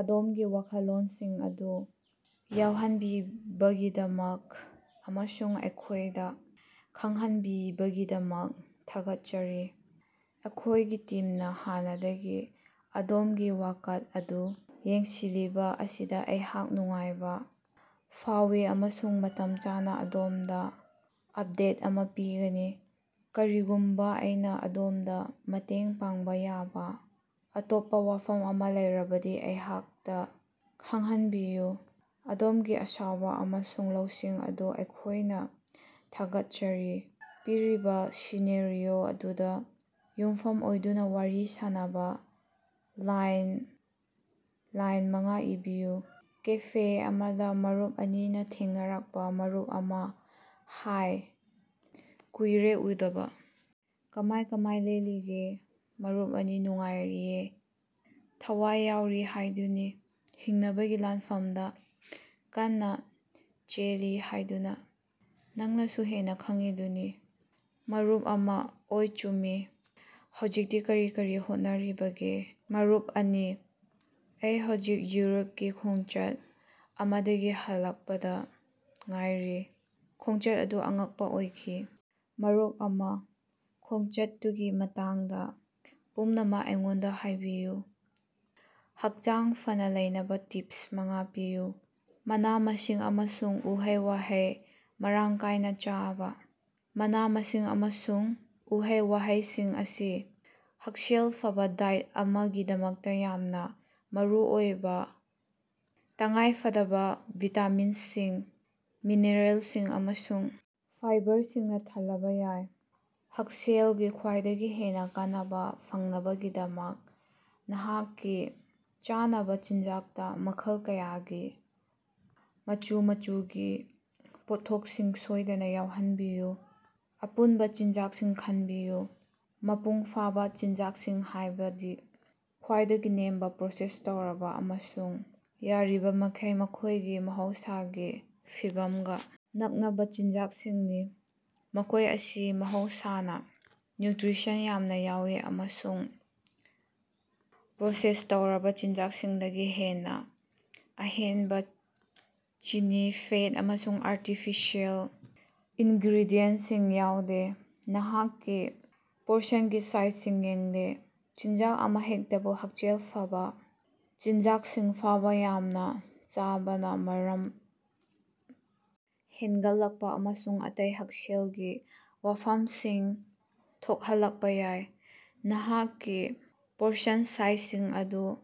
ꯑꯗꯣꯝꯒꯤ ꯋꯥꯈꯜꯂꯣꯟꯁꯤꯡ ꯑꯗꯨ ꯌꯧꯍꯟꯕꯤꯕꯒꯤꯗꯃꯛ ꯑꯃꯁꯨꯡ ꯑꯩꯈꯣꯏꯗ ꯈꯪꯍꯟꯕꯤꯕꯒꯤꯗꯃꯛ ꯊꯥꯒꯠꯆꯔꯤ꯫ ꯑꯩꯈꯣꯏꯒꯤ ꯇꯤꯝꯅ ꯍꯥꯟꯅꯗꯒꯤ ꯑꯗꯣꯝꯒꯤ ꯋꯥꯀꯠ ꯑꯗꯨ ꯌꯦꯡꯁꯤꯜꯂꯤꯕ ꯑꯁꯤꯗ ꯑꯩꯍꯥꯛ ꯅꯨꯡꯉꯥꯏꯕ ꯐꯥꯎꯏ ꯑꯃꯁꯨꯡ ꯃꯇꯝ ꯆꯥꯅ ꯑꯗꯣꯝꯗ ꯑꯞꯗꯦꯠ ꯑꯃ ꯄꯤꯒꯅꯤ꯫ ꯀꯔꯤꯒꯨꯝꯕ ꯑꯩꯅ ꯑꯗꯣꯝꯗ ꯃꯇꯦꯡ ꯄꯥꯡꯕ ꯌꯥꯕ ꯑꯇꯣꯞꯄ ꯋꯥꯐꯝ ꯑꯃ ꯂꯩꯔꯕꯗꯤ ꯑꯩꯍꯥꯛꯇ ꯈꯪꯍꯟꯕꯤꯌꯨ꯫ ꯑꯗꯣꯝꯒꯤ ꯑꯁꯥꯎꯕ ꯑꯃꯁꯨꯡ ꯂꯧꯁꯤꯡ ꯑꯗꯨ ꯑꯩꯈꯣꯏꯅ ꯊꯥꯒꯠꯆꯔꯤ꯫ ꯄꯤꯔꯤꯕ ꯁꯤꯅꯥꯔꯤꯑꯣ ꯑꯗꯨꯗ ꯌꯨꯝꯐꯝ ꯑꯣꯏꯗꯨꯅ ꯋꯥꯔꯤ ꯁꯥꯟꯅꯕ ꯂꯥꯏꯟ ꯂꯥꯏꯟ ꯃꯉꯥ ꯏꯕꯤꯌꯨ꯫ ꯀꯦꯐꯦ ꯑꯃꯗ ꯃꯔꯨꯞ ꯑꯅꯤꯅ ꯊꯦꯡꯅꯔꯛꯄꯥ- ꯃꯔꯨꯞ ꯑꯃ: ꯍꯥꯏ, ꯀꯨꯏꯔꯦ ꯎꯗꯕ! ꯀꯃꯥꯏ ꯀꯃꯥꯏ ꯂꯦꯜꯂꯤꯒꯦ? ꯃꯔꯨꯞ ꯑꯅꯤ: ꯅꯨꯡꯉꯥꯏꯔꯤꯌꯦ, ꯊꯋꯥꯏ ꯌꯥꯎꯔꯤ ꯍꯥꯏꯗꯨꯅꯤ ꯍꯤꯡꯅꯕꯒꯤ ꯂꯥꯟꯐꯝꯗ ꯀꯟꯅ ꯆꯦꯜꯂꯤ ꯍꯥꯏꯗꯨꯅ ꯅꯪꯅꯁꯨ ꯍꯦꯟꯅ ꯈꯪꯉꯤꯗꯨꯅꯤ꯫ ꯃꯔꯨꯞ ꯑꯃ: ꯑꯣꯏ, ꯆꯨꯝꯃꯤ꯫ꯍꯧꯖꯤꯛꯇꯤ ꯀꯔꯤ ꯀꯔꯤ ꯍꯣꯠꯅꯔꯤꯕꯒꯦ? ꯃꯔꯨꯞ ꯑꯅꯤ: ꯑꯩ ꯍꯧꯖꯤꯛ ꯌꯨꯔꯣꯞꯀꯤ ꯈꯣꯡꯆꯠ ꯑꯃꯗꯒꯤ ꯍꯜꯂꯛꯄꯗ ꯉꯥꯏꯔꯤ꯫ ꯈꯣꯡꯆꯠ ꯑꯗꯨ ꯑꯉꯛꯄ ꯑꯣꯏꯈꯤ! ꯃꯔꯨꯞ ꯑꯃ: ꯈꯣꯡꯆꯠꯇꯨꯒꯤ ꯃꯇꯥꯡꯗ ꯄꯨꯝꯅꯃꯛ ꯑꯩꯉꯣꯟꯗ ꯍꯥꯏꯕꯤꯌꯨ꯫ ꯍꯛꯆꯥꯡ ꯐꯅ ꯂꯩꯅꯕ ꯇꯤꯞ ꯃꯉꯥ ꯄꯤꯌꯨ꯫ ꯃꯅꯥ-ꯃꯁꯤꯡ ꯑꯃꯁꯨꯡ ꯎꯍꯩ-ꯋꯥꯍꯩ ꯃꯔꯥꯡ ꯀꯥꯏꯅ ꯆꯥꯕ: ꯃꯅꯥ-ꯃꯁꯤꯡ ꯑꯃꯁꯨꯡ ꯎꯍꯩ-ꯋꯥꯍꯩꯁꯤꯡ ꯑꯁꯤ ꯍꯛꯁꯦꯜ ꯐꯕ ꯗꯥꯏꯠ ꯑꯃꯒꯤꯗꯃꯛꯇ ꯌꯥꯝꯅ ꯃꯔꯨꯑꯣꯏꯕ ꯇꯉꯥꯏꯐꯗꯕ ꯚꯤꯇꯥꯃꯤꯟꯁꯤꯡ, ꯃꯤꯅꯔꯦꯜꯁꯤꯡ ꯑꯃꯁꯨꯡ ꯐꯥꯏꯕꯔꯁꯤꯡꯅ ꯊꯜꯂꯕ ꯌꯥꯏ꯫ ꯍꯛꯁꯦꯜꯒꯤ ꯈ꯭ꯋꯥꯏꯗꯒꯤ ꯍꯦꯟꯅ ꯀꯥꯟꯅꯕ ꯐꯪꯅꯕꯒꯤꯗꯃꯛ ꯅꯍꯥꯛꯀꯤ ꯆꯥꯅꯕ ꯆꯤꯟꯖꯥꯛꯇ ꯃꯈꯜ ꯀꯌꯥꯒꯤ ꯃꯆꯨ ꯃꯆꯨꯒꯤ ꯄꯣꯠꯊꯣꯛꯁꯤꯡ ꯁꯣꯏꯗꯅ ꯌꯥꯎꯍꯟꯕꯤꯌꯨ꯫ ꯑꯄꯨꯟꯕ ꯆꯤꯟꯖꯥꯛꯁꯤꯡ ꯈꯟꯕꯤꯌꯨ: ꯃꯄꯨꯡꯐꯥꯕ ꯆꯤꯟꯖꯥꯛꯁꯤꯡ ꯍꯥꯏꯕꯗꯤ ꯈ꯭ꯋꯥꯏꯗꯒꯤ ꯅꯦꯝꯕ ꯄ꯭ꯔꯣꯁꯦꯁ ꯇꯧꯔꯕ ꯑꯃꯁꯨꯡ ꯌꯥꯔꯤꯕꯃꯈꯩ ꯃꯈꯣꯏꯒꯤ ꯃꯍꯧꯁꯥꯒꯤ ꯐꯤꯚꯝꯒ ꯅꯛꯅꯕ ꯆꯤꯟꯖꯥꯛꯁꯤꯡꯅꯤ꯫ ꯃꯈꯣꯏ ꯑꯁꯤ ꯃꯍꯧꯁꯥꯅ ꯅ꯭ꯌꯨꯇ꯭ꯔꯤꯑꯦꯟꯇ ꯌꯥꯝꯅ ꯌꯥꯎꯏ ꯑꯃꯁꯨꯡ ꯄ꯭ꯔꯣꯁꯦꯁ ꯇꯧꯔꯕ ꯆꯤꯟꯖꯥꯛꯁꯤꯡꯗꯒꯤ ꯍꯦꯟꯅ ꯑꯍꯦꯟꯕ ꯆꯤꯅꯤ, ꯐꯦꯠ ꯑꯃꯁꯨꯡ ꯑꯥꯔꯇꯤꯐꯤꯁꯤꯑꯦꯜ ꯏꯟꯒ꯭ꯔꯦꯗꯤꯌꯦꯟꯇꯁꯤꯡ ꯌꯥꯎꯗꯦ꯫ ꯅꯍꯥꯛꯀꯤ ꯄꯣꯔꯁꯟꯒꯤ ꯁꯥꯏꯖꯁꯤꯡ ꯌꯦꯡꯗꯦ: ꯆꯤꯟꯖꯥꯛ ꯑꯃꯍꯦꯛꯇꯕꯨ ꯍꯛꯁꯦꯜ ꯐꯕ ꯆꯤꯟꯖꯥꯛꯁꯤꯡ ꯐꯥꯎꯕ ꯌꯥꯝꯅ ꯆꯥꯕꯅ ꯃꯔꯝ ꯍꯦꯟꯒꯠꯂꯛꯄ ꯑꯃꯁꯨꯡ ꯑꯇꯩ ꯍꯛꯁꯦꯜꯒꯤ ꯋꯥꯐꯝꯁꯤꯡ ꯊꯣꯛꯍꯜꯂꯛꯄ ꯌꯥꯏ꯫ ꯅꯍꯥꯛꯀꯤ ꯄꯣꯔꯁꯟ ꯁꯥꯏꯖꯁꯤꯡ ꯑꯗꯨ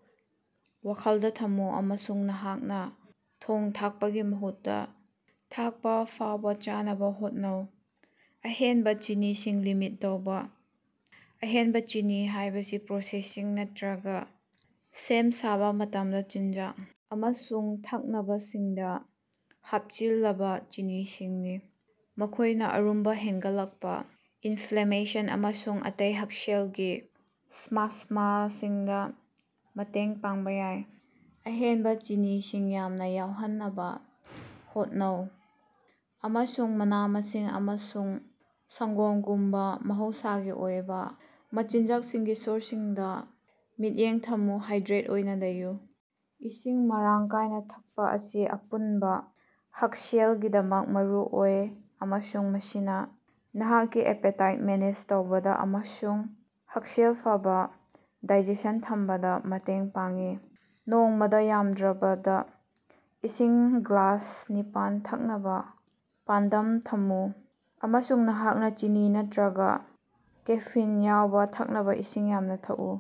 ꯋꯥꯈꯜꯗ ꯊꯝꯃꯨ ꯑꯃꯁꯨꯡ ꯅꯍꯥꯛꯅ ꯊꯣꯡ-ꯊꯥꯛꯄꯒꯤ ꯃꯍꯨꯠꯇ ꯊꯛꯄ ꯐꯥꯎꯕ ꯆꯥꯅꯕ ꯍꯣꯠꯅꯧ꯫ ꯑꯍꯦꯟꯕ ꯆꯤꯅꯤꯁꯤꯡ ꯂꯤꯃꯤꯠ ꯇꯧꯕ: ꯑꯍꯦꯟꯕ ꯆꯤꯅꯤ ꯍꯥꯏꯕꯁꯤ ꯄ꯭ꯔꯣꯁꯦꯁꯤꯡ ꯅꯠꯇ꯭ꯔꯒ ꯁꯦꯝ-ꯁꯥꯕ ꯃꯇꯝꯗ ꯆꯤꯟꯖꯥꯛ ꯑꯃꯁꯨꯡ ꯊꯛꯅꯕꯁꯤꯡꯗ ꯍꯥꯞꯆꯤꯜꯂꯕ ꯆꯤꯅꯤꯁꯤꯡꯅꯤ꯫ ꯃꯈꯣꯏꯅ ꯑꯔꯨꯝꯕ ꯍꯦꯟꯒꯠꯂꯛꯄ, ꯏꯟꯐ꯭ꯂꯦꯃꯦꯁꯟ ꯑꯃꯁꯨꯡ ꯑꯇꯩ ꯍꯛꯁꯦꯜꯒꯤ ꯁꯃꯁ꯭ꯃꯥꯁꯤꯡꯗ ꯃꯇꯦꯡ ꯄꯥꯡꯕ ꯌꯥꯏ꯫ ꯑꯍꯦꯟꯕ ꯆꯤꯅꯤꯁꯤꯡ ꯌꯥꯝꯅ ꯌꯥꯎꯍꯟꯅꯕ ꯍꯣꯠꯅꯧ ꯑꯃꯁꯨꯡ ꯃꯅꯥ-ꯃꯁꯤꯡ ꯑꯃꯁꯨꯡ ꯁꯪꯒꯣꯝꯒꯨꯝꯕ ꯃꯍꯧꯁꯥꯒꯤ ꯑꯣꯏꯕ ꯃꯆꯤꯟꯖꯥꯛꯁꯤꯡꯒꯤ ꯁꯣꯔꯁꯁꯤꯡꯗ ꯃꯤꯠꯌꯦꯡ ꯊꯝꯃꯨ꯫ ꯍꯥꯏꯗ꯭ꯔꯦꯠ ꯑꯣꯏꯅ ꯂꯩꯌꯨ: ꯏꯁꯤꯡ ꯃꯔꯥꯡ ꯀꯥꯏꯅ ꯊꯛꯄ ꯑꯁꯤ ꯑꯄꯨꯟꯕ ꯍꯛꯁꯦꯜꯒꯤꯗꯃꯛ ꯃꯔꯨꯑꯣꯏ ꯑꯃꯁꯨꯡ ꯃꯁꯤꯅ ꯅꯍꯥꯛꯀꯤ ꯑꯦꯄꯦꯇꯥꯏꯠ ꯃꯦꯅꯦꯖ ꯇꯧꯕꯗ ꯑꯃꯁꯨꯡ ꯍꯛꯁꯦꯜ ꯐꯕ ꯗꯥꯏꯖꯦꯁꯟ ꯊꯝꯕꯗ ꯃꯇꯦꯡ ꯄꯥꯡꯏ꯫ ꯅꯣꯡꯃꯗ ꯌꯥꯝꯗ꯭ꯔꯕꯗ ꯏꯁꯤꯡ ꯒ꯭ꯂꯥꯁ ꯅꯤꯄꯥꯟ ꯊꯛꯅꯕ ꯄꯥꯟꯗꯝ ꯊꯝꯃꯨ ꯑꯃꯁꯨꯡ ꯅꯍꯥꯛꯅ ꯆꯤꯅꯤ ꯅꯠꯇ꯭ꯔꯒ ꯀꯦꯐꯤꯟ ꯌꯥꯎꯕ ꯊꯛꯅꯕ ꯏꯁꯤꯡ ꯌꯥꯝꯅ ꯊꯛꯎ꯫